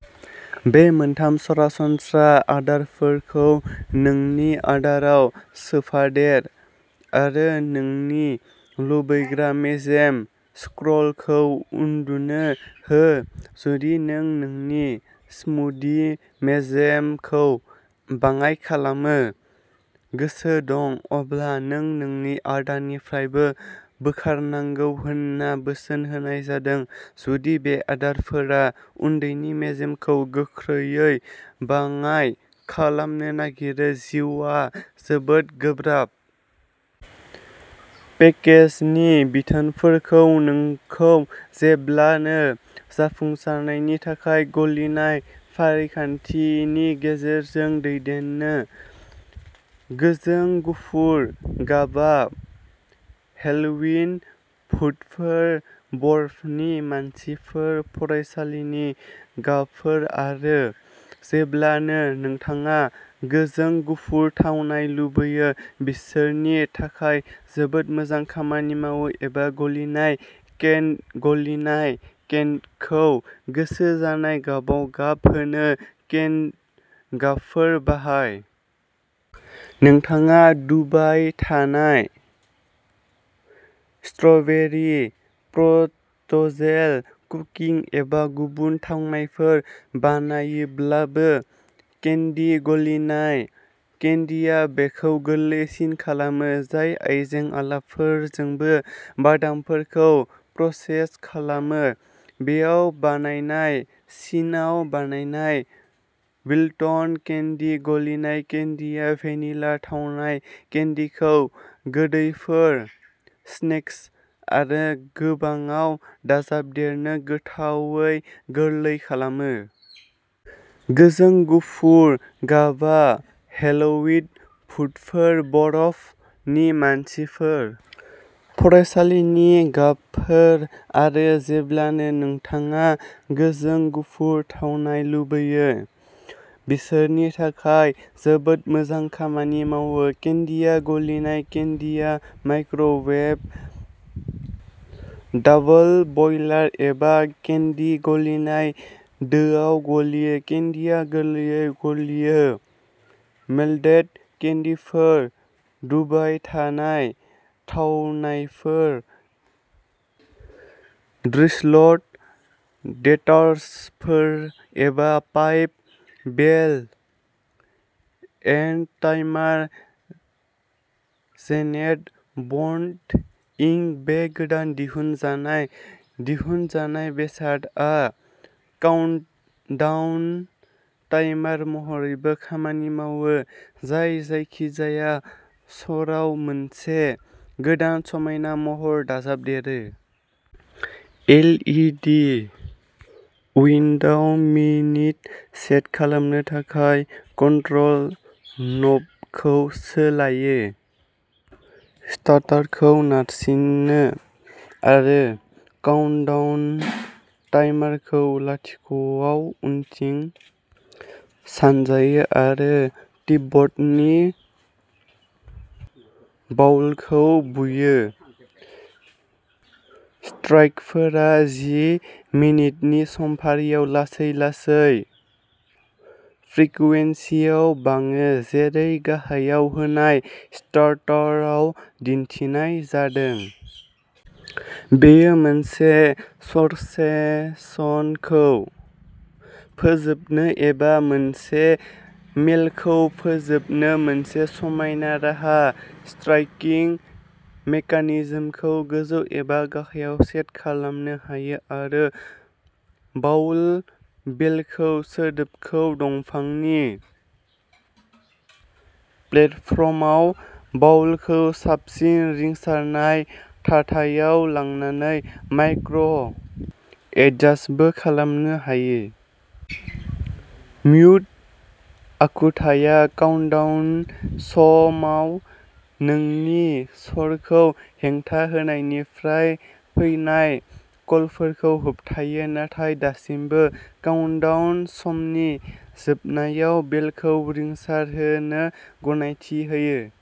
बे मोनथाम सरासनस्रा आदारफोरखौ नोंनि आदाराव सोफादेर आरो नोंनि लुबैग्रा मेजेम स्क्र'लखौ उन्दुनो हो। जुदि नों नोंनि स्मुदि मेजेमखौ बाङाय खालामनो गोसो दं, अब्ला नों नोंनि आदारनिफ्रायबो बोखारनांगौ होनना बोसोन होनाय जादों। जुदि बे आदारफोरा उदैनि मेजेमखौ गोख्रैयै बाङाय खालामनो नागिरो जिउआ जोबोद गोबाब। पेकेजनि बिथोनफोरा नोंखौ जेब्लानो जाफुंसारनायनि थाखाय गलिनाय फारिखान्थिनि गेजेरजों दैदेनो। गोजों गुफुर गाबआ हेल'विन भुतफोर, बरफनि मानसिफोर, फरायसालिनि गाबफोर आरो जेब्लानो नोंथाङा गोजों गुफुर थावनाय लुबैयो, बिसोरनि थाखाय जोबोद मोजां खामानि मावो। एबा, गलिनाय केन्डि गलिनाय केन्डिखौ गोसो जानाय गाबाव गाब होनो केन्डि गाबफोर बाहाय। नोंथाङा डुबाय थानाय स्ट्र'बेरि, प्रेटजेल, कुकि एबा गुबुन थावनायफोर बानायोब्लाबो, केन्डि गलिनाय केन्डिआ बेखौ गोरलैसिन खालामो। जाय आइजें-आइलाफोरजोंबो बादामफोरखौ प्रसेस खालामो, बेयाव बानायनाय। चीनआव बानायनाय। विल्टन केन्डि गलिनाय केन्डिआ भेनिला-थावनाय केन्डिखौ गोदैफोर, स्नेक्स आरो गोबांआव दाजाबदेरनो गोथावै गोरलै खालामो। गोजों गुफुर गाबआ हेल'विन भुतफोर, बरफनि मानसिफोर, फरायसालिनि गाबफोर आरो जेब्लानो नोंथाङा गोजों गुफुर थावनाय लुबैयो, बिसोरनि थाखाय जोबोद मोजां खामानि मावो। केन्डिआ गलिनाय केन्डिआ माइक्र'वेभ, डाबल-बायलार एबा केन्डि गलिनाय दोआव गलियो। केन्डिआ गोरलैयै गलियो मोल्डेड केन्डिफोर, डुबाय थानाय थावनायफोर, ड्रिसल्ड देजार्टफोर एबा पाइप बेल एन्ड टाइमार-जेनेट बन्ड, इंक बे गोदान दिहुनजानाय दिहुनजानाय बेसादआ काउन्टडाउन टाइमार महरैबो खामानि मावो, जाय जायखिजाया सर'आव मोनसे गोदान समायना महर दाजाबदेरो। एल इ डि उइन्ड'आव मिनित सेट खालामनो थाखाय कन्ट्रल न'बखौ सोलायो, स्टार्टखौ नारसिनो आरो काउन्टडाउन टाइमारखौ लाथिख'आव उनथिं सानजायो आरो तिब्बतनि बाउलखौ बुयो। स्ट्राइकफोरा जि मिनिटनि समफारियाव लासै-लासै फ्रिकुवेन्सियाव बाङो जेरै गाहायाव होनाय चार्टआव दिन्थिनाय जादों। बेयो मोनसे सर'सेसनखौ फोजोबनो एबा मोनसे मेलखौ फोजोबनो मोनसे समायना राहा। स्ट्राइकिं मेकानिजमखौ गोजौ एबा गाहायआव सेट खालामनो हायो आरो बाउल बेलनि सोदोबखौ दंफांनि प्लेटफर्मआव बाउलखौ साबसिन रिंसारनाय थाथायाव लांनानै माइक्र'- एडजास्टबो खालामनो हायो। म्युट आखुथाया काउन्टडाउन समाव नोंनि सर'खौ हेंथा होनायनिफ्राय फैनाय कलफोरखौ होबथायो नाथाय दासिमबो काउन्टडाउन समनि जोबनायाव बेलखौ रिंसारहोनो गनायथि होयो।